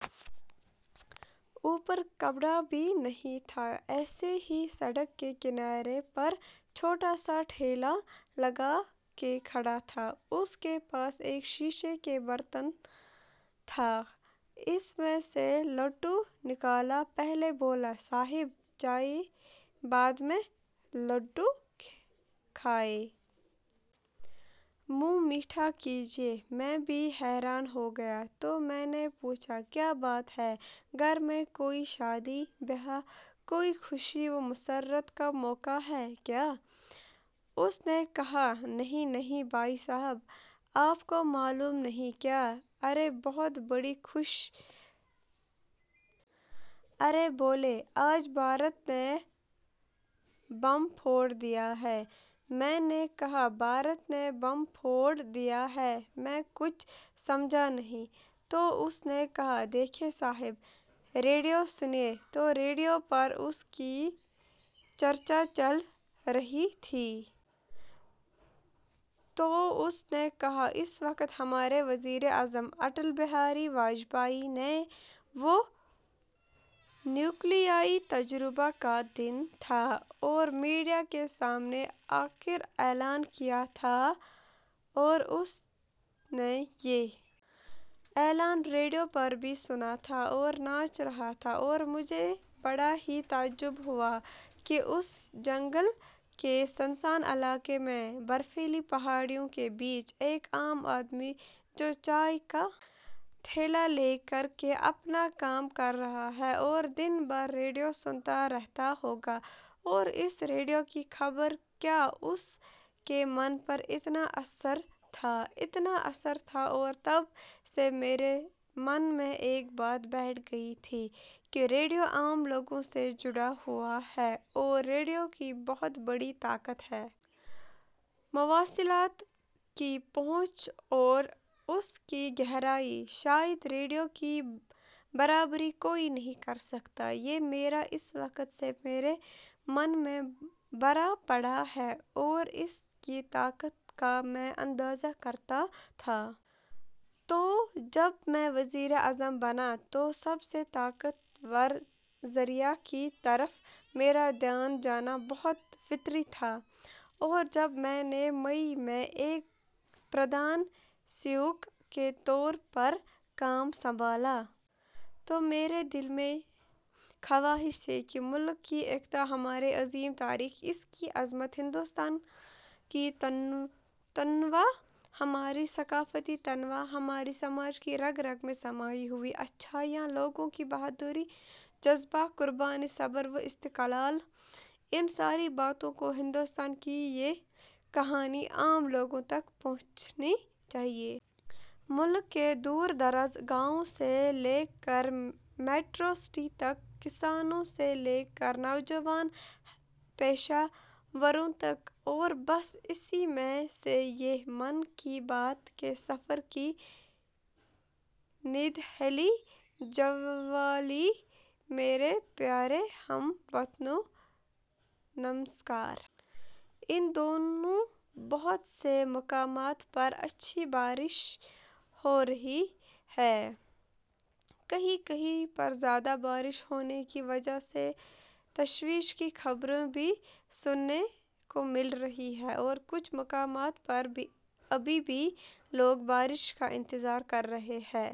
اوپر کپڑابھی نہیں تھا ایسے ہی سڑک کے کنارے پر چھوٹا سا ٹھیلہ لگا کے کھڑا تھا۔ اس کے پاس ایک شیشے کے برتن تھا، اس میں سے لڈو نکالا، پہلے بولا صاحب، چائے بعد میں، لڈو کھایئے۔ منھ میٹھا کیجئے۔ میں بھی حیران ہوگیا تو میں نے پوچھا کیا بات ہے گھر میں کوئی شادی-بیاہ کوئی خوشی ومسرت کا موقع ہے کیا! اس نے کہا نہیں نہیں بھائی صاحب، آپ کو معلوم نہیں کیا؟ ارے بہت بڑی خوشی کی بات ہے وہ ایسے اچھل رہا تھا، ایسے امنگ سے بھرا ہوا تھا، تو میں نے کہا کیا ہوا! ارے بولے آج بھارت نے بم پھوڑ دیا ہے۔ میں نے کہا بھارت نے بم پھوڑ دیا ہے! میں کچھ سمجھا نہیں! تو اس نے کہا، دیکھئے صاحب ، ریڈیو سنئے۔ تو ریڈیو پر اسی کی چرچا چل رہی تھی۔ تو اس نے کہا اس وقت ہمارے وزیر اعظم اٹل بہاری واجپئی نے – وہ نیو کلیائی تجربہ کا دن تھا اور میڈیا کے سامنے آکر اعلان کیا تھا اور اس نے یہ اعلان ریڈیو پر بھی سنا تھا اور ناچ رہا تھا اور مجھے بڑا ہی تعجب ہوا کہ اس جنگل کے سنسان علاقے میں، برفیلی پہاڑیوں کے بیچ، ایک عام آدمی جو چائے کا ٹھیلہ لے کر کے اپنا کام کر رہا ہے اور دن بھر ریڈیو سنتا رہتا ہوگا اور اس ریڈیو کی خبر کا اس کے من پر اتنا اثر تھا، اتنا اثر تھا اور تب سے میرے من میں ایک بات بیٹھ گئی تھی کہ ریڈیو عام لوگوں سے جڑا ہوا ہے اور ریڈیو کی بہت بڑی طاقت ہے۔ مواصلات کی پہنچ اور اس کی گہرائی، شاید ریڈیو کی برابری کوئی نہیں کرسکتا یہ میرا اس وقت سے میرے من میں بھرا پڑا ہے اور اس کی طاقت کا میں اندازہ کرتا تھا۔ تو جب میں وزیر اعظم بنا تو سب سے طاقت ور ذرائع کی طرف میرا دھیان جانا بہت فطری تھا۔ اور جب میں نے مئی میں ایک 'پردھان-سیوک' کے طور پر کام سنبھالا تو میرے دل میں خواہش تھی کہ ملک کی ایکتا، ہماری عظیم تاریخ، اس کی عظمت ، ہندوستان کی تنوع، ہماری ثقافتی تنوع، ہمارے سماج کی رگ رگ میں سمائی ہوئی اچھائیاں، لوگوں کی بہادری ،جذبہ، قربانی ،صبر واستقلال ان ساری باتوں کو، ہندوستان کی یہ کہانی عام لوگوں تک پہنچنی چاہئے۔ ملک کے دور دراز گاؤوں سے لے کر میٹرو سٹی تک، کسانوں سے لے کر نوجوان پیشہ وروں تک اور بس اسی میں سے یہ 'من کی بات' کے سفر کی. نئیدہلی۔ جولائی ؛ میرے پیارے ہم وطنوں، نمسکار۔ ان دنوں بہت سے مقامات پر اچھی بارش ہو رہی ہے۔ کہیں کہیں پر زیادہ بارش ہونے کی وجہ سے تشویش کی خبریں بھی سننے کو مل رہی ہیں اور کچھ مقامات پر ابھی بھی لوگ بارش کا انتظار کر رہے ہیں۔